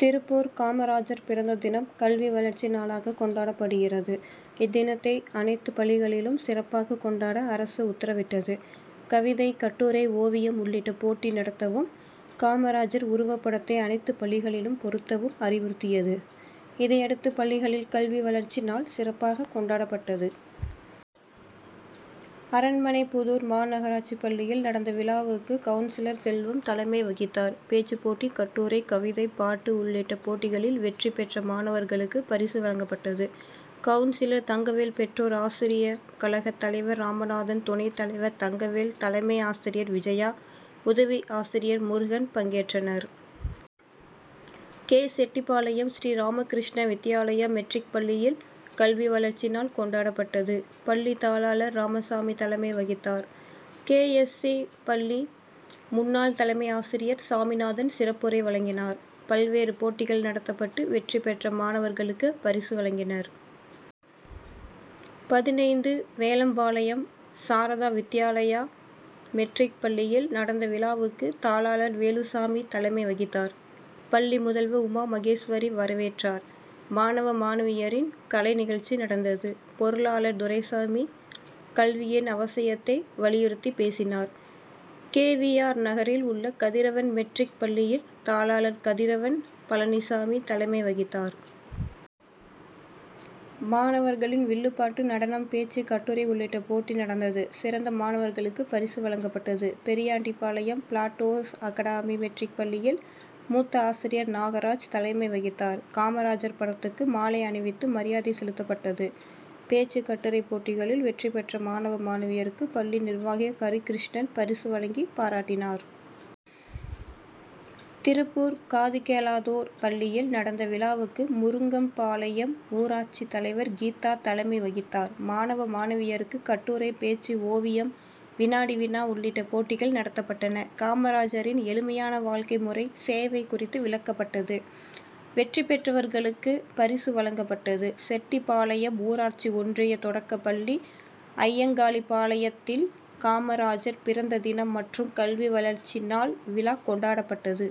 திருப்பூர் காமராஜர் பிறந்த தினம், கல்வி வளர்ச்சி நாளாக கொண்டாடப்படுகிறது. இத்தினத்தை அனைத்து பள்ளிகளிலும் சிறப்பாக கொண்டாட அரசு உத்தரவிட்டது. கவிதை, கட்டுரை, ஓவியம் உள்ளிட்ட போட்டி நடத்தவும்; காமராஜர் உருவப்படத்தை அனைத்து பள்ளிகளிலும் பொருத்தவும் அறிவுறுத்தியது. இதையடுத்து, பள்ளிகளில் கல்வி வளர்ச்சி நாள் சிறப்பாக கொண்டாடப்பட்டது. அரண்மனைப்புதூர் மாநகராட்சி பள்ளியில் நடந்த விழாவுக்கு கவுன்சிலர் செல்வம் தலைமை வகித்தார். பேச்சு போட்டி, கட்டுரை, கவிதை, பாட்டு உள்ளிட்ட போட்டிகளில் வெற்றி பெற்ற மாணவர்களுக்கு பரிசு வழங்கப்பட்டது. கவுன்சிலர் தங்கவேல், பெற்றோர் ஆசிரிய கழக தலைவர் ராமநாதன், துணை தலைவர் தங்கவேல், தலைமை ஆசிரியர் விஜயா, உதவி ஆசிரியர் முருகன் பங்கேற்றனர். கே. செட்டிபாளையம், ஸ்ரீராமகிருஷ்ணா வித்யாலயா மெட்ரிக் பள்ளியில் கல்வி வளர்ச்சி நாள் கொண்டாடப்பட்டது. பள்ளி தாளாளர் ராமசாமி தலைமை வகித்தார். கே. எஸ். சி., பள்ளி முன்னாள் தலைமை ஆசிரியர் சாமிநாதன் சிறப்புரை வழங்கினார். பல்வேறு போட்டிகள் நடத்தப்பட்டு, வெற்றி பெற்ற மாணவர்களுக்கு பரிசு வழங்கினர். பதினைந்து வேலம்பாளையம், சாரதா வித்யாலயா மெட்ரிக் பள்ளியில் நடந்த விழாவுக்கு, தாளாளர் வேலுசாமி தலைமை வகித்தார். பள்ளி முதல்வர் உமா மகேஸ்வரி வரவேற்றார். மாணவ, மாணவியரின் கலை நிகழ்ச்சி நடந்தது. பொருளாளர் துரைசாமி, கல்வியின் அவசியத்தை வலியுறுத்தி பேசினார். கே. வி. ஆர்., நகரில் உள்ள கதிரவன் மெட்ரிக் பள்ளியில் தாளாளர் கதிரவன் பழனிசாமி தலைமை வகித்தார். மாணவர்களின் வில்லு பாட்டு, நடனம், பேச்சு, கட்டுரை உள்ளிட்ட போட்டி நடந்தது. சிறந்த மாணவர்களுக்கு பரிசு வழங்கப்பட்டது. பெரியாண்டிபாளையம் பிளாட்டோஸ் அகாடமி மெட்ரிக் பள்ளியில், மூத்த ஆசிரியர் நாகராஜ் தலைமை வகித்தார். காமராஜர் படத்துக்கு மாலை அணிவித்து மரியாதை செலுத்தப்பட்டது. பேச்சு, கட்டுரை போட்டிகளில் வெற்றி பெற்ற மாணவ, மாணவியருக்கு பள்ளி நிர்வாகி ஹரிகிருஷ்ணன் பரிசு வழங்கி பாராட்டினார். திருப்பூர் காதுகேளாதோர் பள்ளியில் நடந்த விழாவுக்கு, முருங்கம்பாளையம் ஊராட்சி தலைவர் கீதா தலைமை வகித்தார். மாணவ, மாணவியருக்கு கட்டுரை, பேச்சு, ஓவியம், வினாடி-வினா உள்ளிட்ட போட்டிகள் நடத்தப்பட்டன. காமராஜரின் எளிமையான வாழ்க்கை முறை, சேவை குறித்து விளக்கப்பட்டது. வெற்றி பெற்றவர்களுக்கு பரிசு வழங்கப்பட்டது. செட்டிபாளையம் ஊராட்சி ஒன்றிய தொடக்கப்பள்ளி அய்யங்காளிபாளையத்தில் காமராஜர் பிறந்த தினம் மற்றும் கல்வி வளர்ச்சி நாள் விழா கொண்டாடப்பட்டது.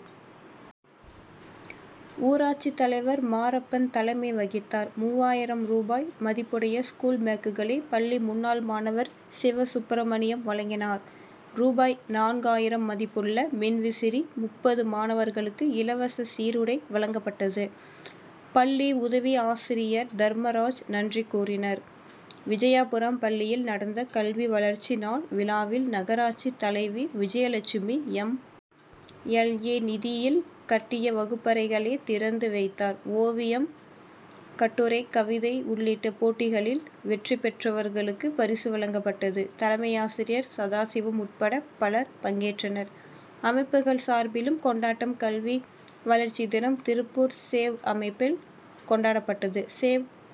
ஊராட்சி தலைவர் மாரப்பன் தலைமை வகித்தார். மூவாயிரம் ரூபாய் மதிப்புடைய ஸ்கூல் பேக்குகளை பள்ளி முன்னாள் மாணவர் சிவசுப்ரமணியம் வழங்கினார். ரூபாய் நான்காயிரம் மதிப்புள்ள மின்விசிறி, முப்பது மாணவர்களுக்கு இலவச சீருடை வழங்கப்பட்டது. பள்ளி உதவி ஆசிரியர் தர்மராஜ் நன்றி கூறினர். விஜயாபுரம் பள்ளியில் நடந்த கல்வி வளர்ச்சி நாள் விழாவில், நகராட்சி தலைவி விஜயலட்சுமி, எம். எல். ஏ., நிதியில் கட்டிய வகுப்பறைகளை திறந்து வைத்தார். ஒவியம், கட்டுரை, கவிதை உள்ளிட்ட போட்டிகளில் வெற்றி பெற்றவர்களுக்கு பரிசு வழங்கப்பட்டது. தலைமையாசிரியர் சதாசிவம் உட்பட பலர் பங்கேற்றனர். அமைப்புகள் சார்பிலும் கொண்டாட்டம் கல்வி வளர்ச்சி தினம், திருப்பூர் சேவ் அமைப்பில் கொண்டாடப்பட்டது. சேவ்